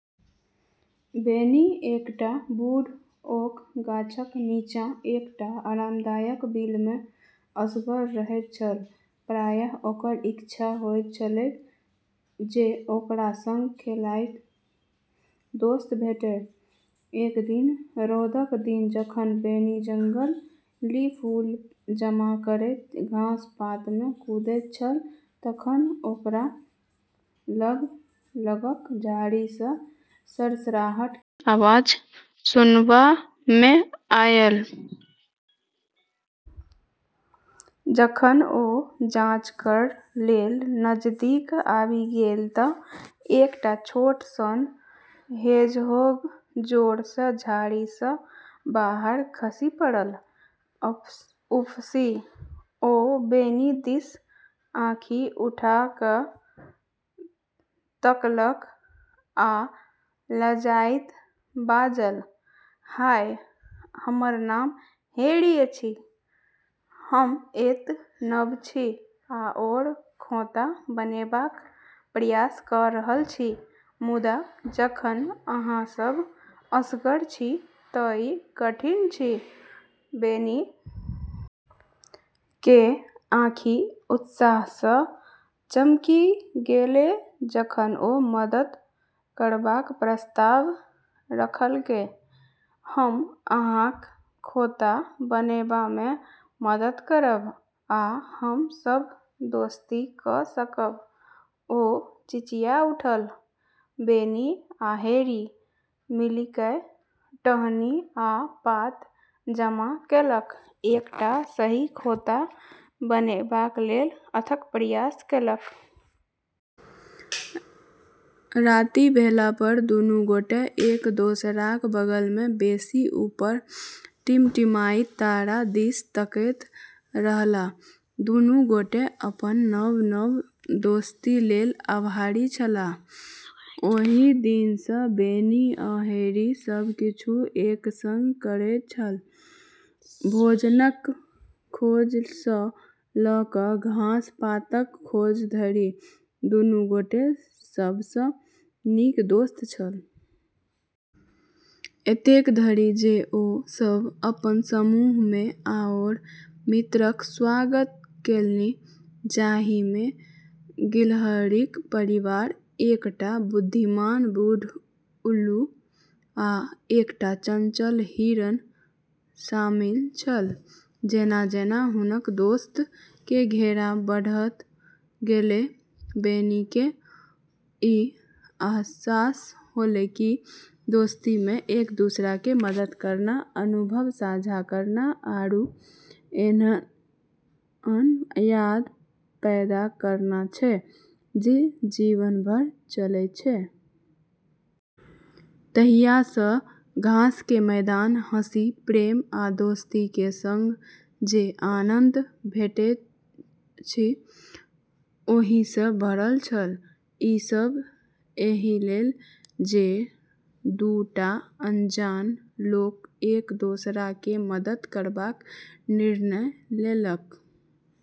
बेनी एकटा बूढ़ ओक गाछक नीचाँ एकटा आरामदायक बिल मे असगर रहैत छल, प्रायः ओकर इच्छा होइत छलैक जे ओकरा संग खेलाइत दोस्त भेटय। एक दिन रौदक दिन जखन बेनी जंगली फूल जमा करैत घास-पात मे कूदैत छल तखन ओकरा लग लगक झाड़ी सँ सरसराहट केर आवाज सुनबा मे आयल। जखन ओ जांच कर' लेल नजदीक आबि गेल त' एकटा छोट सन हेजहोग जोर सँ झाड़ी सँ बाहर खसि पड़ल, "उफसी!" ओ बेनी दिस आँखि उठा क' तकलक आ लजाइत बाजल, "हाय, हमर नाम हैरी अछि, हम एत' नव छी आओर खोंता बनेबाक प्रयास क' रहल छी, मुदा जखन अहाँ सभ असगर छी त' ई कठिन अछि।"बेनी के आँखि उत्साह सॅं चमकि गेलै जखन ओ मदद करबाक प्रस्ताव रखलकै, "हम अहाँक खोंता बनेबा मे मदद करब आ हम सभ दोस्ती क' सकब!" ओ चिचिया उठल। बेनी आ हैरी मिलिकय टहनी आ पात जमा केलक, एकटा सही खोंता बनेबाक लेल अथक प्रयास केलक। राति भेला पर दुनू गोटे एक दोसराक बगल मे बैसि ऊपर टिमटिमाइत तारा दिस तकैत रहलाह, दुनू गोटे अपन नव-नव दोस्ती लेल आभारी छलाह। ओहि दिन सँ बेनी आ हैरी सब किछु एक संग करैत छल, भोजनक खोज सँ ल' क' घास-पातक खोज धरि, दुनू गोटे सबसँ नीक दोस्त छल। एतेक धरि जे ओ सभ अपन समूह मे आओर मित्रक स्वागत केलनि, जाहि मे गिलहरीक परिवार, एकटा बुद्धिमान बूढ़ उल्लू, आ एकटा चंचल हिरण शामिल छल। जेना-जेना हुनक दोस्त के घेरा बढ़त गेलै, बेनी क ई अहसास होलै कि दोस्ती मे एक-दूसरा के मदद करना, अनुभव साझा करना, आरू ऐन्हन याद पैदा करना छै जे जीवन भर चलै छै। तहिया सँ घास के मैदान हँसी, प्रेम आ दोस्ती के संग जे आनन्द भेटैत अछि, ओहि सँ भरल छल, ई सब एहि लेल जे दू टा अनजान लोक एक दोसरा के मदद करबाक निर्णय लेलक।